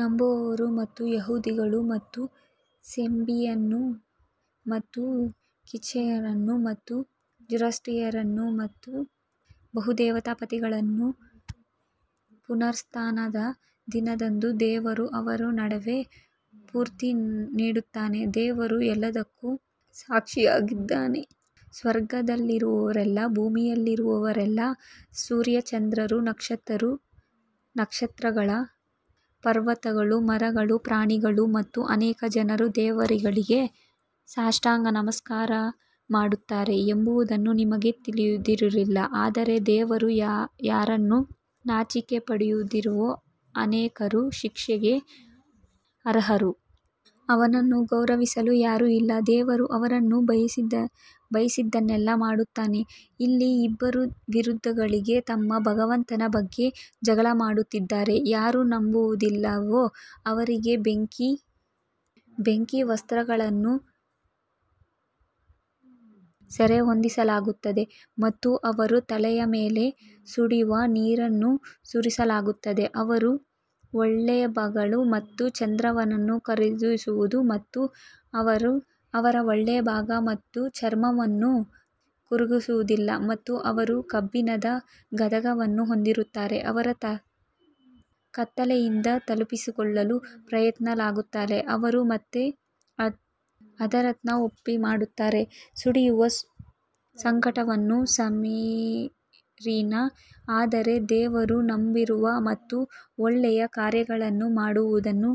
ನಂಬುವವರು ಮತ್ತು ಯಹೂದಿಗಳು ಮತ್ತು ಸೇಬಿಯನ್ನರು ಮತ್ತು ಕ್ರಿಶ್ಚಿಯನ್ನರು ಮತ್ತು ಜೊರಾಸ್ಟ್ರಿಯನ್ನರು ಮತ್ತು ಬಹುದೇವತಾವಾದಿಗಳು ಪುನರುತ್ಥಾನದ ದಿನದಂದು ದೇವರು ಅವರ ನಡುವೆ ತೀರ್ಪು ನೀಡುತ್ತಾನೆ, ದೇವರು ಎಲ್ಲದಕ್ಕೂ ಸಾಕ್ಷಿಯಾಗಿದ್ದಾನೆ ಸ್ವರ್ಗದಲ್ಲಿರುವವರೆಲ್ಲರೂ, ಭೂಮಿಯಲ್ಲಿರುವವರೆಲ್ಲರೂ, ಸೂರ್ಯಚಂದ್ರರು, ನಕ್ಷತ್ರಗಳು, ಪರ್ವತಗಳು, ಮರಗಳು, ಪ್ರಾಣಿಗಳು ಮತ್ತು ಅನೇಕ ಜನರು ದೇವರಿಗೆ ಸಾಷ್ಟಾಂಗ ನಮಸ್ಕಾರ ಮಾಡುತ್ತಾರೆ ಎಂಬುದು ನಿಮಗೆ ತಿಳಿದಿರುವುದಿಲ್ಲ, ಆದರೆ ದೇವರು ಯಾರನ್ನು ನಾಚಿಕೆಪಡಿಸಿದರೂ ಅನೇಕರು ಶಿಕ್ಷೆಗೆ ಅರ್ಹರು. ಅವನನ್ನು ಗೌರವಿಸಲು ಯಾರೂ ಇಲ್ಲ, ದೇವರು ಅವನು ಬಯಸಿದ್ದನ್ನು ಮಾಡುತ್ತಾನೆ ಇಲ್ಲಿ ಇಬ್ಬರು ವಿರೋಧಿಗಳು ತಮ್ಮ ಭಗವಂತನ ಬಗ್ಗೆ ಜಗಳವಾಡುತ್ತಿದ್ದಾರೆ, ಯಾರು ನಂಬುವುದಿಲ್ಲವೋ ಅವರಿಗೆ ಬೆಂಕಿಯ ವಸ್ತ್ರಗಳನ್ನು ಸರಿಹೊಂದಿಸಲಾಗುತ್ತದೆ ಮತ್ತು ಅವರ ತಲೆಯ ಮೇಲೆ ಸುಡುವ ನೀರನ್ನು ಸುರಿಯಲಾಗುತ್ತದೆ. ಅವರ ಒಳಭಾಗ ಮತ್ತು ಚರ್ಮವನ್ನು ಕರಗಿಸುವುದು ಮತ್ತು ಅವರು ಕಬ್ಬಿಣದ ಗದೆಗಳನ್ನು ಹೊಂದಿರುತ್ತಾರೆ ಅವರು ಕತ್ತಲೆಯಿಂದ ತಪ್ಪಿಸಿಕೊಳ್ಳಲು ಪ್ರಯತ್ನಿಸಿದಾಗಲೆಲ್ಲಾ ಅವರು ಮತ್ತೆ ಅದರತ್ತ ಓಡಿಸಲ್ಪಡುತ್ತಾರೆ ಸುಡುವ ಸಂಕಟವನ್ನು ಸವಿಯಿರಿ ಆದರೆ ದೇವರು ನಂಬುವ ಮತ್ತು ಒಳ್ಳೆಯ ಕಾರ್ಯಗಳನ್ನು ಮಾಡುವವರನ್ನು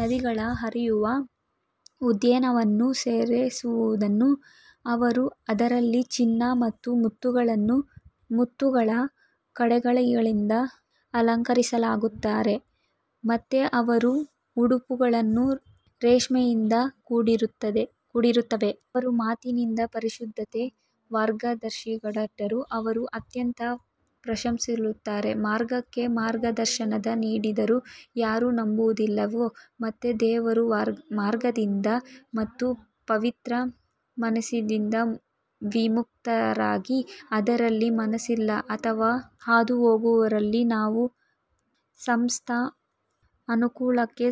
ನದಿಗಳು ಹರಿಯುವ ಉದ್ಯಾನವನಗಳಲ್ಲಿ ಸೇರಿಸುವನು, ಅವರು ಅದರಲ್ಲಿ ಚಿನ್ನ ಮತ್ತು ಮುತ್ತುಗಳ ಕಡಗಗಳಿಂದ ಅಲಂಕರಿಸಲ್ಪಡುತ್ತಾರೆ ಮತ್ತು ಅವರ ಉಡುಪುಗಳು ರೇಷ್ಮೆಯಿಂದ ಕೂಡಿರುತ್ತವೆ. ಅವರು ಮಾತಿನ ಪರಿಶುದ್ಧತೆಗೆ ಮಾರ್ಗದರ್ಶಿಸಲ್ಪಟ್ಟರು, ಅವರು ಅತ್ಯಂತ ಪ್ರಶಂಸಿಸಲ್ಪಟ್ಟವರ ಮಾರ್ಗಕ್ಕೆ ಮಾರ್ಗದರ್ಶನ ನೀಡಿದರು ಯಾರು ನಂಬುವುದಿಲ್ಲವೋ ಮತ್ತು ದೇವರ ಮಾರ್ಗದಿಂದ ಮತ್ತು ಪವಿತ್ರ ಮಸೀದಿಯಿಂದ ವಿಮುಖರಾಗಿ ಅದರಲ್ಲಿ ವಾಸಿಸುತ್ತಿರಲಿ ಅಥವಾ ಹಾದುಹೋಗುವವರಾಗಲಿ ನಾವು ಸಮಸ್ತ ಮನುಕುಲಕ್ಕೆ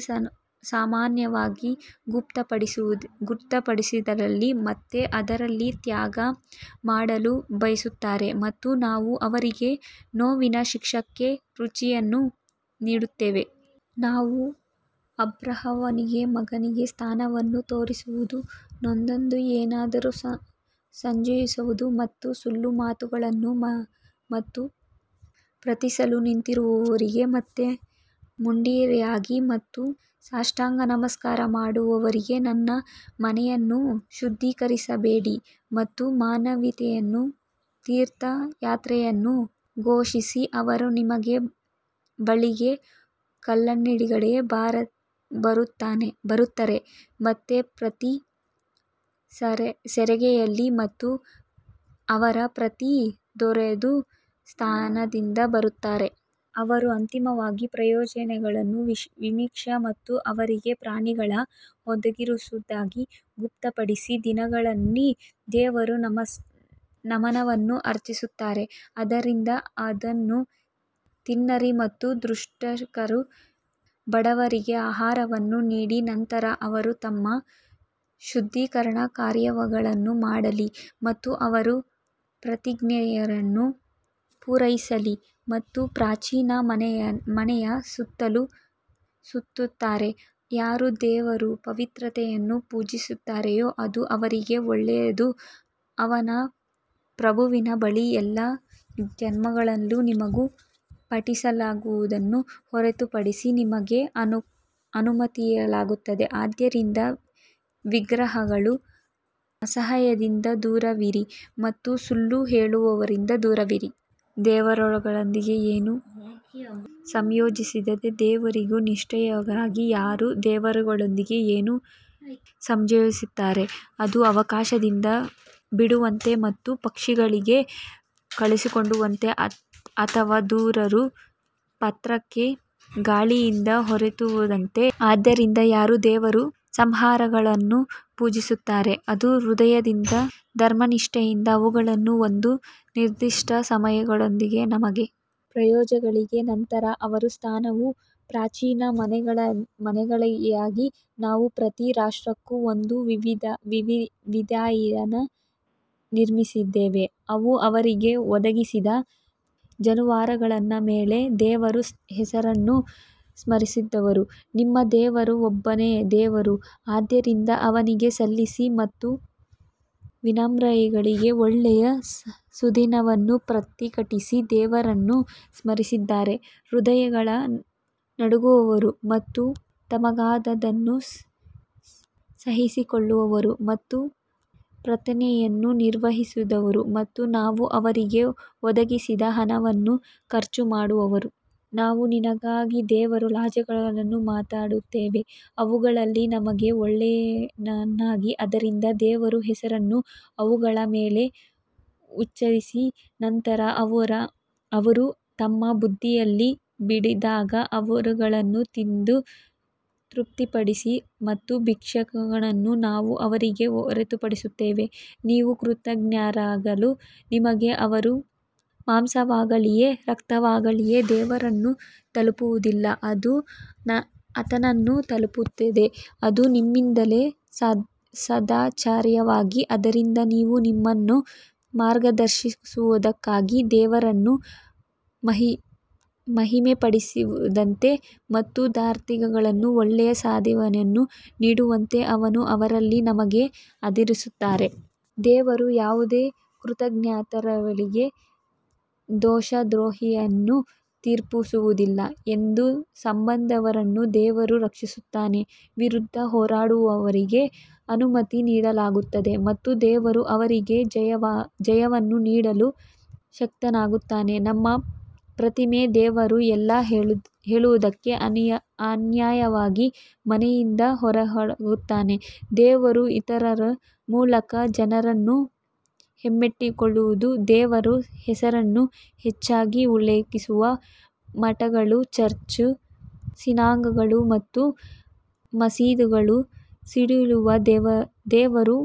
ಸಮಾನವಾಗಿ ಗೊತ್ತುಪಡಿಸಿದಲ್ಲಿ ಮತ್ತು ಅದರಲ್ಲಿ ತ್ಯಾಗ ಮಾಡಲು ಬಯಸುತ್ತಾರೆ ಮತ್ತು ನಾವು ಅವರಿಗೆ ನೋವಿನ ಶಿಕ್ಷೆಯ ರುಚಿಯನ್ನು ನೀಡುತ್ತೇವೆ. ನಾವು ಅಬ್ರಹಾಮನಿಗೆ ಮನೆಯ ಸ್ಥಳವನ್ನು ತೋರಿಸಿದೆವು ನನ್ನೊಂದಿಗೆ ಏನನ್ನೂ ಸಂಯೋಜಿಸಬೇಡಿ ಮತ್ತು ಸುತ್ತಲೂ ಸುತ್ತುವವರಿಗೆ ಮತ್ತು ಪ್ರಾರ್ಥಿಸಲು ನಿಂತಿರುವವರಿಗೆ ಮತ್ತು ಮಂಡಿಯೂರಿ ಮತ್ತು ಸಾಷ್ಟಾಂಗ ನಮಸ್ಕಾರ ಮಾಡುವವರಿಗೆ ನನ್ನ ಮನೆಯನ್ನು ಶುದ್ಧೀಕರಿಸಬೇಡಿ ಮತ್ತು ಮಾನವೀಯತೆಯ ತೀರ್ಥಯಾತ್ರೆಯನ್ನು ಘೋಷಿಸಿ ಅವರು ನಿಮ್ಮ ಬಳಿಗೆ ಕಾಲ್ನಡಿಗೆಯಲ್ಲಿ ಬರುತ್ತಾರೆ ಮತ್ತು ಪ್ರತಿ ಸಾರಿಗೆಯಲ್ಲಿ ಅವರು ಪ್ರತಿ ದೂರದ ಸ್ಥಳದಿಂದ ಬರುತ್ತಾರೆ. ಅವರು ತಮಗಾಗಿನ ಪ್ರಯೋಜನಗಳನ್ನು ವೀಕ್ಷಿಸಲು ಮತ್ತು ಅವರಿಗೆ ಪ್ರಾಣಿಗಳನ್ನು ಒದಗಿಸುವುದಕ್ಕಾಗಿ ಗೊತ್ತುಪಡಿಸಿದ ದಿನಗಳಲ್ಲಿ ದೇವರ ನಾಮವನ್ನು ಆಚರಿಸುತ್ತಾರೆ ಆದ್ದರಿಂದ ಅದನ್ನು ತಿನ್ನಿರಿ ಮತ್ತು ದುರದೃಷ್ಟಕರ ಬಡವರಿಗೆ ಆಹಾರವನ್ನು ನೀಡಿ ನಂತರ ಅವರು ತಮ್ಮ ಶುದ್ಧೀಕರಣದ ಕಾರ್ಯಗಳನ್ನು ಮಾಡಲಿ ಮತ್ತು ಅವರ ಪ್ರತಿಜ್ಞೆಗಳನ್ನು ಪೂರೈಸಲಿ ಮತ್ತು ಪ್ರಾಚೀನ ಮನೆಯ ಸುತ್ತಲೂ ಸುತ್ತುತ್ತಾರೆ ಯಾರು ದೇವರ ಪವಿತ್ರತೆಯನ್ನು ಪೂಜಿಸುತ್ತಾರೋ ಅದು ಅವರಿಗೆ ಒಳ್ಳೆಯದು ಅವನ ಪ್ರಭುವಿನ ಬಳಿ ಎಲ್ಲಾ ಜಾನುವಾರುಗಳು ನಿಮಗೆ ಪಠಿಸಲ್ಪಡುವುದನ್ನು ಹೊರತುಪಡಿಸಿ ನಿಮಗೆ ಅನುಮತಿಸಲಾಗಿದೆ ಆದ್ದರಿಂದ ವಿಗ್ರಹಗಳ ಅಸಹ್ಯದಿಂದ ದೂರವಿರಿ ಮತ್ತು ಸುಳ್ಳು ಹೇಳಿಕೆಯಿಂದ ದೂರವಿರಿ. ದೇವರೊಂದಿಗೆ ಏನನ್ನೂ ಸಂಯೋಜಿಸದೆ ದೇವರಿಗೆ ನಿಷ್ಠರಾಗಿರುವುದು ಯಾರು ದೇವರೊಂದಿಗೆ ಏನನ್ನೂ ಸಂಯೋಜಿಸಿದರೆ ಅದು ಆಕಾಶದಿಂದ ಬಿದ್ದಂತೆ ಮತ್ತು ಪಕ್ಷಿಗಳಿಂದ ಕಸಿದುಕೊಂಡಂತೆ ಅಥವಾ ದೂರದ ಪ್ರಪಾತಕ್ಕೆ ಗಾಳಿಯಿಂದ ಹಾರಿಹೋದಂತೆ. ಆದ್ದರಿಂದ ಯಾರು ದೇವರ ಸಂಸ್ಕಾರಗಳನ್ನು ಪೂಜಿಸುತ್ತಾರೆ ಅದು ಹೃದಯದ ಧರ್ಮನಿಷ್ಠೆಯಿಂದ ಅವುಗಳಲ್ಲಿ ಒಂದು ನಿರ್ದಿಷ್ಟ ಸಮಯದವರೆಗೆ ನಿಮಗೆ ಪ್ರಯೋಜನಗಳಿವೆ, ನಂತರ ಅವರ ಸ್ಥಾನವು ಪ್ರಾಚೀನ ಮನೆಯಾಗಿದೆ ನಾವು ಪ್ರತಿ ರಾಷ್ಟ್ರಕ್ಕೂ ಒಂದು ವಿಧಿಯನ್ನು ನೇಮಿಸಿದ್ದೇವೆ, ಅವರು ಅವರಿಗೆ ಒದಗಿಸಿದ ಜಾನುವಾರುಗಳ ಮೇಲೆ ದೇವರ ಹೆಸರನ್ನು ಸ್ಮರಿಸಬಹುದು, ನಿಮ್ಮ ದೇವರು ಒಬ್ಬನೇ ದೇವರು ಆದ್ದರಿಂದ ಅವನಿಗೆ ಸಲ್ಲಿಸಿ ಮತ್ತು ವಿನಮ್ರರಿಗೆ ಒಳ್ಳೆಯ ಸುದ್ದಿಯನ್ನು ಪ್ರಕಟಿಸಿ ದೇವರನ್ನು ಸ್ಮರಿಸಿದಾಗ ಹೃದಯಗಳು ನಡುಗುವವರು ಮತ್ತು ತಮಗಾದದ್ದನ್ನು ಸಹಿಸಿಕೊಳ್ಳುವವರು ಮತ್ತು ಪ್ರಾರ್ಥನೆಯನ್ನು ನಿರ್ವಹಿಸುವವರು ಮತ್ತು ನಾವು ಅವರಿಗೆ ಒದಗಿಸಿದ ಹಣವನ್ನು ಖರ್ಚು ಮಾಡುವವರು. ನಾವು ನಿನಗಾಗಿ ದೇವರ ಲಾಂಛನಗಳನ್ನು ಮಾಡಿದ್ದೇವೆ ಅವುಗಳಲ್ಲಿ ನಿಮಗೆ ಒಳ್ಳೆಯತನವಿದೆ ಆದ್ದರಿಂದ ದೇವರ ಹೆಸರನ್ನು ಅವುಗಳ ಮೇಲೆ ಉಚ್ಚರಿಸಿ ನಂತರ ಅವರು ತಮ್ಮ ಬದಿಯಲ್ಲಿ ಬಿದ್ದಾಗ ಅವುಗಳನ್ನು ತಿಂದು ತೃಪ್ತಿಪಡಿಸಿದ ಮತ್ತು ಭಿಕ್ಷುಕನನ್ನು ನಾವು ಅವರಿಗೆ ಒಳಪಡಿಸಿದ್ದೇವೆ. ನೀವು ಕೃತಜ್ಞರಾಗಿರಲು ನಿಮಗೆ ಅವರ ಮಾಂಸವಾಗಲೀ, ರಕ್ತವಾಗಲೀ ದೇವರನ್ನು ತಲುಪುವುದಿಲ್ಲ, ಅದು ಆತನನ್ನು ತಲುಪುತ್ತದೆ, ಅದು ನಿಮ್ಮಿಂದ ಸದಾಚಾರವಾಗಿದೆ, ಆದ್ದರಿಂದ ನೀವು ನಿಮ್ಮನ್ನು ಮಾರ್ಗದರ್ಶಿಸುವುದಕ್ಕಾಗಿ ದೇವರನ್ನು ಮಹಿಮೆಪಡಿಸುವಂತೆ ಮತ್ತು ಧರ್ಮಾರ್ಥಿಗಳಿಗೆ ಒಳ್ಳೆಯ ಸುದ್ದಿಯನ್ನು ನೀಡುವಂತೆ ಅವನು ಅವರನ್ನು ನಿಮಗೆ ಅಧೀನಗೊಳಿಸಿದನು. ದೇವರು ಯಾವುದೇ ಕೃತಜ್ಞತೆಯಿಲ್ಲದ ದೇಶದ್ರೋಹಿಯನ್ನು ಪ್ರೀತಿಸುವುದಿಲ್ಲ ಎಂದು ನಂಬುವವರನ್ನು ದೇವರು ರಕ್ಷಿಸುತ್ತಾನೆ ವಿರುದ್ಧ ಹೋರಾಡಿದವರಿಗೆ ಅನುಮತಿ ನೀಡಲಾಗುತ್ತದೆ ಮತ್ತು ದೇವರು ಅವರಿಗೆ ಜಯವನ್ನು ನೀಡಲು ಶಕ್ತನಾಗಿದ್ದಾನೆ ನಮ್ಮ ಪ್ರಭುವೇ ದೇವರು ಎಂದು ಹೇಳಿದ್ದಕ್ಕೆ ಅನ್ಯಾಯವಾಗಿ ಮನೆಯಿಂದ ಹೊರಹಾಕಲ್ಪಟ್ಟವರನ್ನು ದೇವರು ಇತರರ ಮೂಲಕ ಜನರನ್ನು ಹಿಮ್ಮೆಟ್ಟಿಸುತ್ತಿದ್ದರಲ್ಲವೇ, ದೇವರ ಹೆಸರನ್ನು ಹೆಚ್ಚಾಗಿ ಉಲ್ಲೇಖಿಸುವ ಮಠಗಳು ಚರ್ಚ್, ಸಿನಗಾಗ್ಗಳು ಮತ್ತು ಮಸೀದಿಗಳನ್ನು ಕೆಡವಲು ದೇವರು ಬೆಂಬಲಿಸುತ್ತಾನೆ.